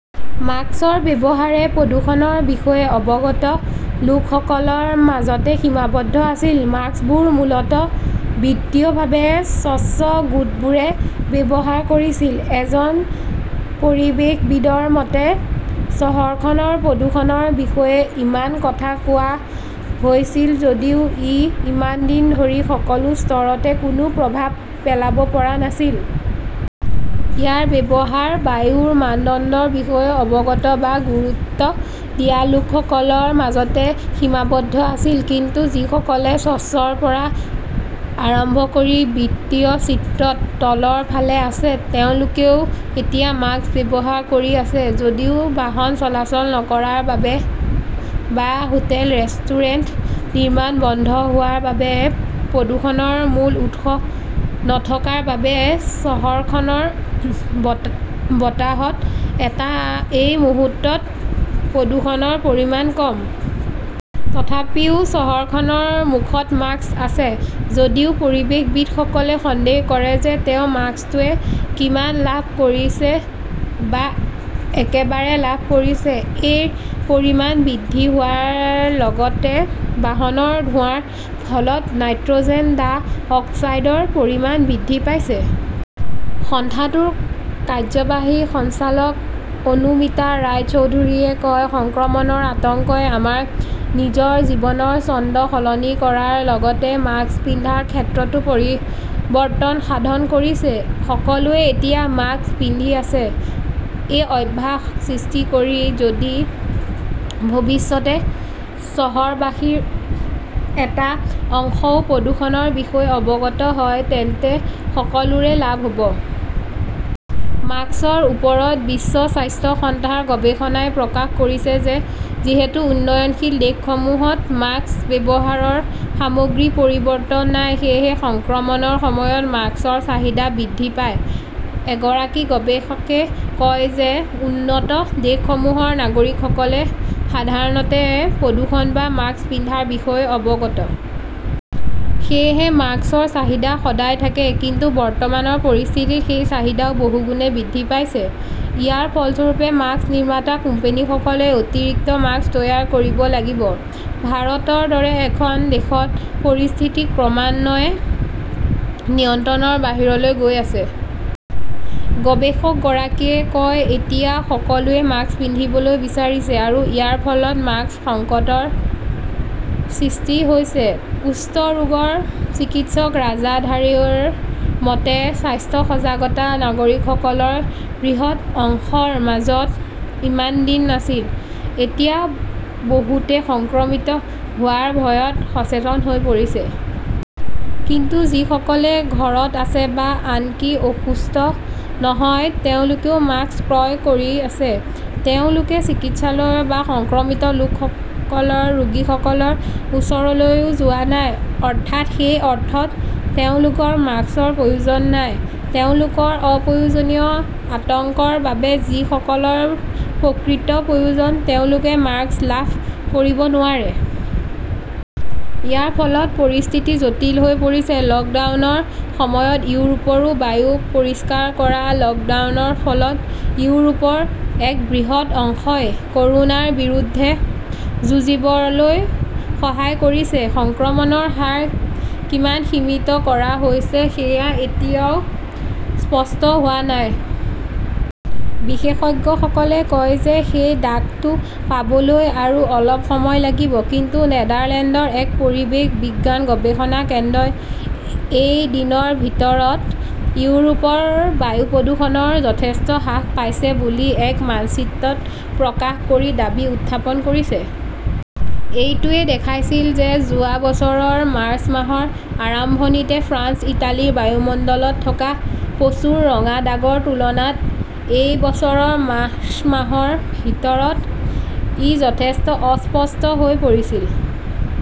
মাস্কৰ ব্যৱহাৰে প্ৰদূষণৰ বিষয়ে অৱগত লোকসকলৰ মাজতে সীমাবদ্ধ আছিল। মাস্কবোৰ মূলতঃ বিত্তীয়ভাৱে স্বচ্ছ গোটবোৰে ব্যৱহাৰ কৰিছিল। এজন পৰিৱেশবিদৰ মতে, চহৰখনৰ প্ৰদূষণৰ বিষয়ে ইমান কথা কোৱা হৈছিল যদিও ই ইমান দিন ধৰি সকলো স্তৰতে কোনো প্ৰভাৱ পেলাব পৰা নাছিল। ইয়াৰ ব্যৱহাৰ বায়ুৰ মানদণ্ডৰ বিষয়ে অৱগত বা গুৰুত্ব দিয়া লোকসকলৰ মাজতে সীমাবদ্ধ আছিল। কিন্তু যিসকলে স্বচ্ছৰ পৰা আৰম্ভ কৰি বিত্তীয় চিত্ৰত তলৰ ফালে আছে, তেওঁলোকেও এতিয়া মাস্ক ব্যৱহাৰ কৰি আছে। যদিও বাহন চলাচল নকৰাৰ বাবে বা হোটেল-ৰেষ্টুৰেণ্ট, নিৰ্মাণ বন্ধ হোৱাৰ বাবে প্ৰদূষণৰ মূল উৎস নথকাৰ বাবে চহৰখনৰ বতাহত এই মুহূৰ্তত প্ৰদূষণৰ পৰিমাণ কম। তথাপিও চহৰখনৰ মুখত মাস্ক আছে। যদিও পৰিৱেশবিদসকলে সন্দেহ কৰে যে তেওঁ মাস্কটোৱে কিমান লাভ কৰিছে বা একেবাৰে লাভ কৰিছে। -এৰ পৰিমাণ বৃদ্ধি হোৱাৰ লগতে বাহনৰ ধোঁৱাৰ ফলত নাইট্ৰজেন ডাই অক্সাইডৰ পৰিমাণ বৃদ্ধি পাইছে। সংস্থাটোৰ কাৰ্যবাহী সঞ্চালক অনুমিতা ৰায়চৌধৰীয়ে কয়, সংক্ৰমণৰ আতংকই আমাৰ নিজৰ জীৱনৰ ছন্দ সলনি কৰাৰ লগতে মাস্ক পিন্ধাৰ ক্ষেত্ৰতো পৰিৱৰ্তন সাধন কৰিছে। সকলোৱে এতিয়া মাস্ক পিন্ধি আছে। এই অভ্যাস সৃষ্টি কৰি যদি ভৱিষ্যতে চহৰবাসীৰ এটা অংশও প্ৰদূষণৰ বিষয়ে অৱগত হয়, তেন্তে সকলোৰে লাভ হ 'ব। মাস্কৰ ওপৰত বিশ্ব স্বাস্থ্য সংস্থাৰ গৱেষণাই প্ৰকাশ কৰিছে যে যিহেতু উন্নয়নশীল দেশসমূহত মাস্ক ব্যৱহাৰৰ সামগ্ৰিক পৰিৱৰ্তন নাই, সেয়েহে সংক্ৰমণৰ সময়ত মাস্কৰ চাহিদা বৃদ্ধি পায়। এগৰাকী গৱেষকই কয় যে উন্নত দেশসমূহৰ নাগৰিকসকলে সাধাৰণতে প্ৰদূষণ বা মাস্ক পিন্ধাৰ বিষয়ে অৱগত। সেয়েহে মাস্কৰ চাহিদা সদায় থাকে। কিন্তু বৰ্তমানৰ পৰিস্থিতিত সেই চাহিদাও বহুগুণে বৃদ্ধি পাইছে। ইয়াৰ ফলস্বৰূপে মাস্ক নিৰ্মাতা কোম্পানীসমূহে অতিৰিক্ত মাস্ক তৈয়াৰ কৰিব লাগিব। ভাৰতৰ দৰে এখন দেশত পৰিস্থিতি ক্ৰমান্বয়ে নিয়ন্ত্ৰণৰ বাহিৰলৈ গৈ আছে। গৱেষকগৰাকীয়ে কয়, এতিয়া সকলোৱে মাস্ক পিন্ধিবলৈ বিচাৰিছে আৰু ইয়াৰ ফলত মাস্কৰ সংকটৰ সৃষ্টি হৈছে। কুষ্ঠ ৰোগৰ চিকিৎসক ৰাজা ধাৰেৰ মতে, স্বাস্থ্য সজাগতা নাগৰিকসকলৰ বৃহৎ অংশৰ মাজত ইমান দিন নাছিল। এতিয়া বহুতে সংক্ৰমিত হোৱাৰ ভয়ত সচেতন হৈ পৰিছে। কিন্তু যিসকলে ঘৰত আছে বা আনকি অসুস্থ নহয় তেওঁলোকেও মাস্ক ক্ৰয় কৰি আছে। তেওঁলোকে চিকিৎসালয় বা সংক্ৰমিত ৰোগীসকলৰ ওচৰলৈও যোৱা নাই। অৰ্থাৎ সেই অৰ্থত তেওঁলোকক মাস্কৰ প্ৰয়োজন নাই। তেওঁলোকৰ অপ্ৰয়োজনীয় আতংকৰ বাবে যিসকলৰ প্ৰকৃত প্ৰয়োজন তেওঁলোকে মাস্ক লাভ কৰিব নোৱাৰে। ইয়াৰ ফলত পৰিস্থিতি জটিল হৈ পৰিছে। লকডাউনৰ সময়ত ইউৰোপতো বায়ু পৰিষ্কাৰ কৰা লকডাউনৰ ফলত ইউৰোপৰ এক বৃহৎ অংশই কৰোনাৰ বিৰুদ্ধে যুঁজিবলৈ সহায় কৰিছে। সংক্ৰমণৰ হাৰ কিমান সীমিত কৰা হৈছে সেয়া এতিয়াও স্পষ্ট হোৱা নাই। বিশেষজ্ঞসকলে কয় যে সেই দাগটো পাবলৈ আৰু অলপ সময় লাগিব। কিন্তু নেদাৰলেণ্ডৰ এক পৰিৱেশ বিজ্ঞান গৱেষণা কেন্দ্ৰই এই দিনৰ ভিতৰত ইউৰোপৰ বায়ু প্ৰদূষণ যথেষ্ট হ্ৰাস পাইছে বুলি এক মানচিত্ৰ প্ৰকাশ কৰি দাবী উত্থাপন কৰিছে। এইটোৱে দেখুৱাইছিল যে যোৱা বছৰৰ মাৰ্চ মাহৰ আৰম্ভণিতে ফ্ৰান্স-ইটালীৰ বায়ুমণ্ডলত থকা প্ৰচুৰ ৰঙা দাগৰ তুলনাত এই বছৰৰ মাৰ্চ মাহৰ ভিতৰত ই যথেষ্ট অস্পষ্ট হৈ পৰিছিল।